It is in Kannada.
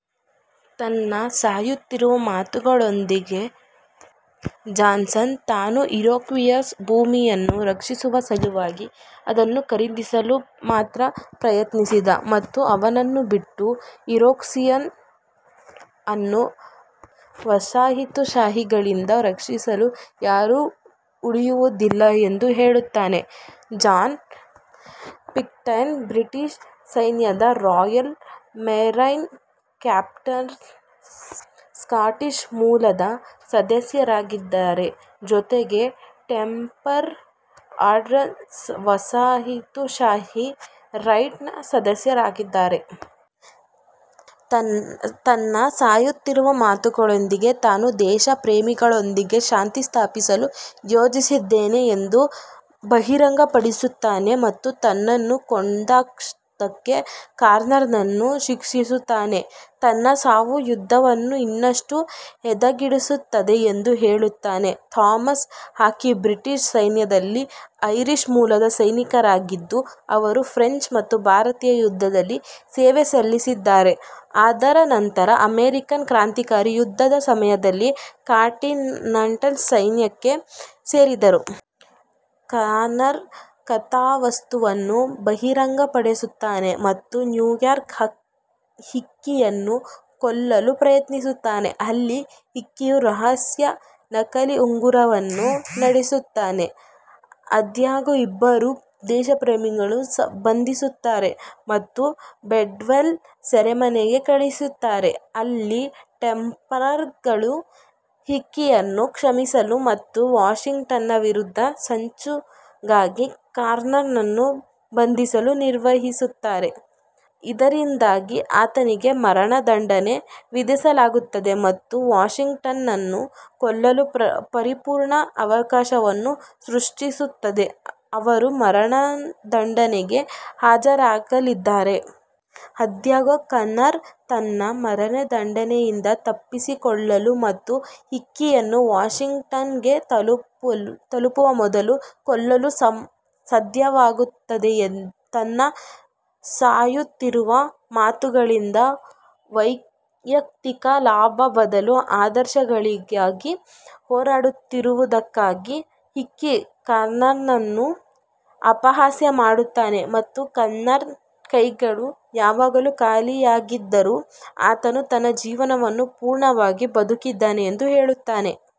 ತನ್ನ ಸಾಯುತ್ತಿರುವ ಮಾತುಗಳೊಂದಿಗೆ, ಜಾನ್ಸನ್ ತಾನು ಇರೊಕ್ವಾಯ್ಸ್ನ ಭೂಮಿಯನ್ನು ರಕ್ಷಿಸುವ ಸಲುವಾಗಿ ಅದನ್ನು ಖರೀದಿಸಲು ಮಾತ್ರ ಪ್ರಯತ್ನಿಸಿದೆ ಮತ್ತು ಅವನನ್ನು ಬಿಟ್ಟು, ಇರೊಕ್ವಾಯ್ಸ್ ಅನ್ನು ವಸಾಹತುಶಾಹಿಗಳಿಂದ ರಕ್ಷಿಸಲು ಯಾರೂ ಉಳಿಯುವುದಿಲ್ಲ ಎಂದು ಹೇಳುತ್ತಾನೆ. ಜಾನ್ ಪಿಟ್ಕೈರ್ನ್ ಬ್ರಿಟಿಷ್ ಸೈನ್ಯದ ರಾಯಲ್ ಮೆರೈನ್ ಕಾರ್ಪ್ಸ್ನ ಸ್ಕಾಟಿಷ್ ಮೂಲದ ಸದಸ್ಯರಾಗಿದ್ದಾರೆ, ಜೊತೆಗೆ ಟೆಂಪ್ಲರ್ ಆರ್ಡರ್ನ ವಸಾಹತುಶಾಹಿ ರೈಟ್ನ ಸದಸ್ಯರಾಗಿದ್ದಾರೆ. ತನ್ನ ಸಾಯುತ್ತಿರುವ ಮಾತುಗಳೊಂದಿಗೆ, ತಾನು ದೇಶಪ್ರೇಮಿಗಳೊಂದಿಗೆ ಶಾಂತಿ ಸ್ಥಾಪಿಸಲು ಯೋಜಿಸಿದ್ದೇನೆ ಎಂದು ಬಹಿರಂಗಪಡಿಸುತ್ತಾನೆ ಮತ್ತು ತನ್ನನ್ನು ಕೊಂದಿದ್ದಕ್ಕಾಗಿ ಕಾನರ್ನನ್ನು ಶಿಕ್ಷಿಸುತ್ತಾನೆ, ತನ್ನ ಸಾವು ಯುದ್ಧವನ್ನು ಇನ್ನಷ್ಟು ಹದಗೆಡಿಸುತ್ತದೆ ಎಂದು ಹೇಳುತ್ತಾನೆ. ಥಾಮಸ್ ಹಿಕಿ ಬ್ರಿಟಿಷ್ ಸೈನ್ಯದಲ್ಲಿ ಐರಿಷ್ ಮೂಲದ ಸೈನಿಕರಾಗಿದ್ದು, ಅವರು ಫ್ರೆಂಚ್ ಮತ್ತು ಭಾರತೀಯ ಯುದ್ಧದಲ್ಲಿ ಸೇವೆ ಸಲ್ಲಿಸಿದ್ದಾರೆ, ಆದರೆ ನಂತರ ಅಮೆರಿಕನ್ ಕ್ರಾಂತಿಕಾರಿ ಯುದ್ಧದ ಸಮಯದಲ್ಲಿ ಕಾಂಟಿನೆಂಟಲ್ ಸೈನ್ಯಕ್ಕೆ ಸೇರಿದರು. ಕಾನರ್ ಕಥಾವಸ್ತುವನ್ನು ಬಹಿರಂಗಪಡಿಸುತ್ತಾನೆ ಮತ್ತು ನ್ಯೂಯಾರ್ಕ್ನಲ್ಲಿ ಹಿಕಿಯನ್ನು ಕೊಲ್ಲಲು ಪ್ರಯತ್ನಿಸುತ್ತಾನೆ, ಅಲ್ಲಿ ಹಿಕಿಯು ರಹಸ್ಯ ನಕಲಿ ಉಂಗುರವನ್ನು ನಡೆಸುತ್ತಾನೆ. ಆದಾಗ್ಯೂ, ಇಬ್ಬರನ್ನೂ ದೇಶಪ್ರೇಮಿಗಳು ಬಂಧಿಸುತ್ತಾರೆ ಮತ್ತು ಬ್ರಿಡ್ವೆಲ್ ಸೆರೆಮನೆಗೆ ಕಳುಹಿಸುತ್ತಾರೆ, ಅಲ್ಲಿ ಟೆಂಪ್ಲರ್ಗಳು ಹಿಕಿಯನ್ನು ಕ್ಷಮಿಸಲು ಮತ್ತು ವಾಷಿಂಗ್ಟನ್ನ ವಿರುದ್ಧದ ಸಂಚುಗಾಗಿ ಕಾನರ್ನನ್ನು ಬಂಧಿಸಲು ನಿರ್ವಹಿಸುತ್ತಾರೆ, ಇದರಿಂದಾಗಿ ಆತನಿಗೆ ಮರಣದಂಡನೆ ವಿಧಿಸಲಾಗುತ್ತದೆ ಮತ್ತು ವಾಷಿಂಗ್ಟನ್ನನ್ನು ಕೊಲ್ಲಲು ಪರಿಪೂರ್ಣ ಅವಕಾಶವನ್ನು ಸೃಷ್ಟಿಸುತ್ತದೆ, ಅವರು ಮರಣದಂಡನೆಗೆ ಹಾಜರಾಗಲಿದ್ದಾರೆ. ಆದಾಗ್ಯೂ, ಕಾನರ್ ತನ್ನ ಮರಣದಂಡನೆಯಿಂದ ತಪ್ಪಿಸಿಕೊಳ್ಳಲು ಮತ್ತು ಹಿಕ್ಕಿಯನ್ನು ವಾಷಿಂಗ್ಟನ್ಗೆ ತಲುಪುವ ಮೊದಲು ಕೊಲ್ಲಲು ಸಾಧ್ಯವಾಗುತ್ತದೆ. ತನ್ನ ಸಾಯುತ್ತಿರುವ ಮಾತುಗಳಿಂದ, ವೈಯಕ್ತಿಕ ಲಾಭದ ಬದಲು ಆದರ್ಶಗಳಿಗಾಗಿ ಹೋರಾಡುತ್ತಿರುವುದಕ್ಕಾಗಿ ಹಿಕ್ಕಿ ಕಾನರ್ನನ್ನು ಅಪಹಾಸ್ಯ ಮಾಡುತ್ತಾನೆ ಮತ್ತು ಕಾನರ್ನ ಕೈಗಳು ಯಾವಾಗಲೂ ಖಾಲಿಯಾಗಿದ್ದರೂ, ಅವನು ತನ್ನ ಜೀವನವನ್ನು ಪೂರ್ಣವಾಗಿ ಬದುಕಿದ್ದಾನೆ ಎಂದು ಹೇಳುತ್ತಾನೆ.